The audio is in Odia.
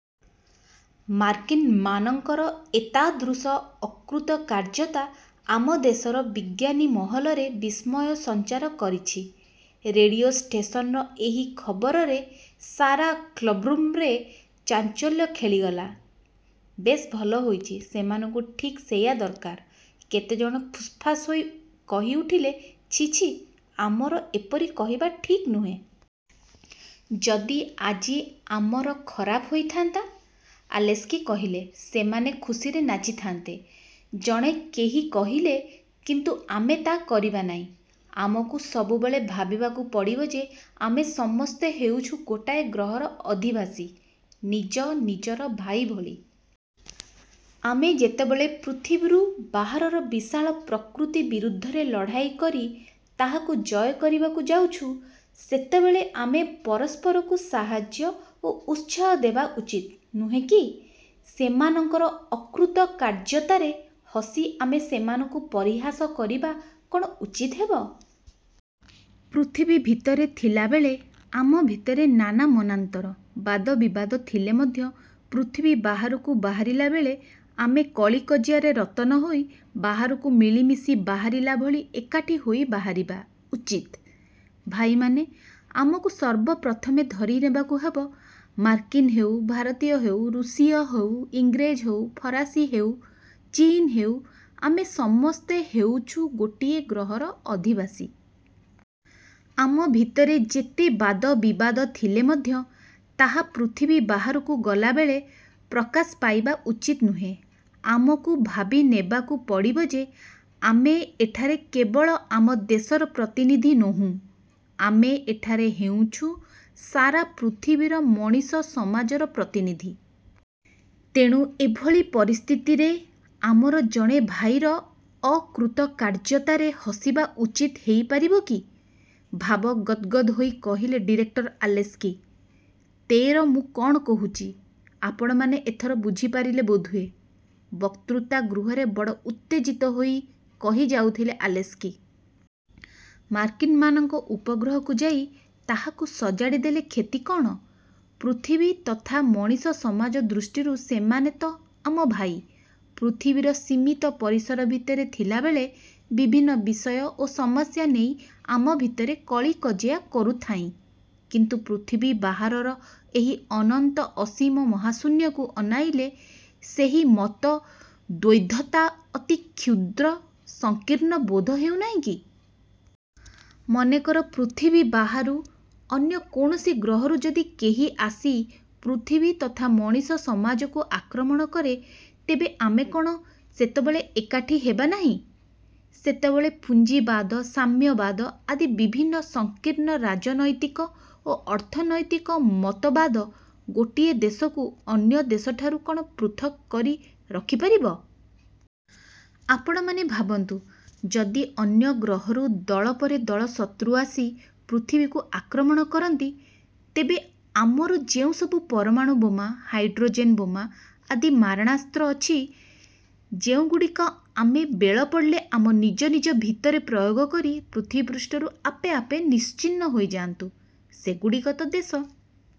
ମାର୍କିନ୍ମାନଙ୍କର ଏତାଦୃଶ ଅକୃତକାର୍ଯ୍ୟତା ଆମ ଦେଶର ବିଜ୍ଞାନୀମହଲରେ ବିସ୍ମୟ ସଞ୍ଚାର କରିଛି। '' ରେଡ଼ିଓ ଷ୍ଟେସନର ଏହି ଖବରରେ ସାରା କ୍ଳବ୍ରୁମ୍ରେ ଚାଞ୍ଚଲ୍ୟ ଖେଳିଗଲା। ''ବେଶ୍ ଭଲ ହୋଇଛି। ସେମାନଙ୍କୁ ଠିକ୍ ସେଇଆ ଦରକାର। '' କେତେ ଜଣ ଫୁସ୍ଫାସ୍ ହୋଇ କହିଉଠିଲେ। ''ଛି, ଛି, ଆମର ଏପରି କହିବା ଠିକ୍ ନୁହେଁ। ଯଦି ଆଜି ଆମର ଖରାପ ହୋଇଥାନ୍ତା? '' ଆଲେସ୍କି କହିଲେ। ''ସେମାନେ ଖୁସିରେ ନାଚିଥାନ୍ତେ''–ଜଣେ କେହି କହିଲେ। ''କିନ୍ତୁ ଆମେ ତା କରିବା ନାହିଁ। ଆମକୁ ସବୁବେଳେ ଭାବିବାକୁ ପଡ଼ିବ ଯେ, ଆମେ ସମସ୍ତେ ହେଉଛୁ ଗୋଟାଏ ଗ୍ରହର ଅଧିବାସୀ, ନିଜ ନିଜର ଭାଇ ଭଳି। ଆମେ ଯେତେବେଳେ ପୃଥିବୀରୁ ବାହାରର ବିଶାଳ ପ୍ରକୃତି ବିରୁଦ୍ଧରେ ଲଢ଼ାଇ କରି ତାହାକୁ ଜୟ କରିବାକୁ ଯାଉଛୁ, ସେତେବେଳେ ଆମେ ପରସ୍ପରକୁ ସାହାଯ୍ୟ ଓ ଉତ୍ସାହ ଦେବା ଉଚିତ ନୁହେଁ କି? ସେମାନଙ୍କର ଅକୃତକାର୍ଯ୍ୟତାରେ ହସି ଆମେ ସେମାନଙ୍କୁ ପରିହାସ କରିବା କ'ଣ ଉଚିତ ହେବ? ପୃଥିବୀ ଭିତରେ ଥିଲାବେଳେ ଆମ ଭିତରେ ନାନା ମନାନ୍ତର, ବାଦବିବାଦ ଥିଲେ ମଧ୍ୟ ପୃଥିବୀ ବାହାରକୁ ବାହାରିଲାବେଳେ ଆମେ କଳିକଜିଆରେ ରତ ନ ହୋଇ ବାହାରକୁ ମିଳିମିଶି ବାହାରିଲା ଭଳି ଏକାଠି ହୋଇ ବାହାରିବା ଉଚିତ। ଭାଇମାନେ, ଆମକୁ ସର୍ବପ୍ରଥମେ ଧରି ନେବାକୁ ହେବ, ମାର୍କିନ୍ ହେଉ, ଭାରତୀୟ ହେଉ, ରୁଷୀୟ ହେଉ, ଇଂରେଜ ହେଉ, ଫରାସୀ ହେଉ, ଚୀନ ହେଉ, ଆମେ ସମସ୍ତେ ହେଉଛୁ ଗୋଟିଏ ଗ୍ରହର ଅଧିବାସୀ। ଆମ ଭିତରେ ଯେତେ ବାଦବିବାଦ ଥିଲେ ମଧ୍ୟ ତାହା ପୃଥିବୀ ବାହାରକୁ ଗଲାବେଳେ ପ୍ରକାଶ ପାଇବା ଉଚିତ ନୁହେଁ। ଆମକୁ ଭାବିନେବାକୁ ପଡ଼ିବ ଯେ, ଆମେ ଏଠାରେ କେବଳ ଆମ ଦେଶର ପ୍ରତିନିଧି ନୋହୁଁ, ଆମେ ଏଠାରେ ହେଉଛୁଁ ସାରା ପୃଥିବୀର ମଣିଷ ସମାଜର ପ୍ରତିନିଧି। ତେଣୁ ଏଭଳି ପରିସ୍ଥିତିରେ ଆମର ଜଣେ ଭାଇର ଅକୃତକାର୍ଯ୍ୟତାରେ ହସିବା ଉଚିତ ହେଇପାରିବ କି? '' ଭାବ ଗଦ୍ଗଦ୍ ହୋଇ କହିଗଲେ ଡିରେକ୍ଟର ଆଲେସ୍କି। ତେର ''ମୁଁ କ'ଣ କହୁଛି, ଆପଣମାନେ ଏଥର ବୁଝିପାରିଲେ ବୋଧହୁଏ? '' ବକ୍ତୃତା ଗୃହରେ ବଡ଼ ଉତ୍ତେଜିତ ହୋଇ କହିଯାଉଥିଲେ ଆଲେସ୍କି। ''ମାର୍କିନ୍ମାନଙ୍କ ଉପଗ୍ରହକୁ ଯାଇ ତାହାକୁ ସଜାଡ଼ି ଦେଲେ କ୍ଷତି କଅଣ? ପୃଥିବୀ ତଥା ମଣିଷ ସମାଜ ଦୃଷ୍ଟିରୁ ସେମାନେ ତ ଆମ ଭାଇ। ପୃଥିବୀର ସୀମିତ ପରିସର ଭିତରେ ଥିଲାବେଳେ ବିଭିନ୍ନ ବିଷୟ ଓ ସମସ୍ୟା ନେଇ ଆମେ ଆମ ଭିତରେ କଳିକଜିଆ କରୁଥାଇଁ; କିନ୍ତୁ ପୃଥିବୀ ବାହାରର ଏହି ଅନନ୍ତ ଅସୀମ ମହାଶୂନ୍ୟକୁ ଅନାଇଲେ ସେହି ମତଦ୍ୱୈଧତା ଅତି କ୍ଷୁଦ୍ର ସଂକୀର୍ଣ୍ଣ ବୋଧ ହେଉନାହିଁ କି? ମନେକର ପୃଥିବୀ ବାହାରୁ ଅନ୍ୟ କୌଣସି ଗ୍ରହରୁ ଯଦି କେହି ଆସି ପୃଥିବୀ ତଥା ମଣିଷ ସମାଜକୁ ଆକ୍ରମଣ କରେ, ତେବେ ଆମେ କ'ଣ ସେତେବେଳେ ଏକାଠି ହେବା ନାହିଁ? ସେତେବେଳେ ପୁଞ୍ଜିବାଦ, ସାମ୍ୟବାଦ ଆଦି ବିଭିନ୍ନ ସଂକୀର୍ଣ୍ଣ ରାଜନୈତିକ ଓ ଅର୍ଥନୈତିକ ମତବାଦ ଗୋଟିଏ ଦେଶକୁ ଅନ୍ୟ ଦେଶଠାରୁ କ'ଣ ପୃଥକ୍କରି ରଖି ପାରିବ? ଆପଣମାନେ ଭାବନ୍ତୁ, ଯଦି ଅନ୍ୟ ଗ୍ରହରୁ ଦଳ ପରେ ଦଳ ଶତ୍ରୁ ଆସି ପୃଥିବୀକୁ ଆକ୍ରମଣ କରନ୍ତି, ତେବେ ଆମର ଯେଉଁସବୁ ପରମାଣୁବୋମା, ହାଇଡ଼୍ରୋଜେନ ବୋମା ଆଦି ମାରଣାସ୍ତ୍ର ଅଛି, ଯେଉଁଗୁଡ଼ିକ ଆମେ ବେଳ ପଡ଼ିଲେ ଆମ ନିଜ ନିଜ ଭିତରେ ପ୍ରୟୋଗ କରି ପୃଥିବୀପୃଷ୍ଠରୁ ଆପେ ଆପେ ନିଶ୍ଚିହ୍ନ ହୋଇ ଯାଆନ୍ତୁ; ସେଗୁଡ଼ିକ ତ ଦେଶ,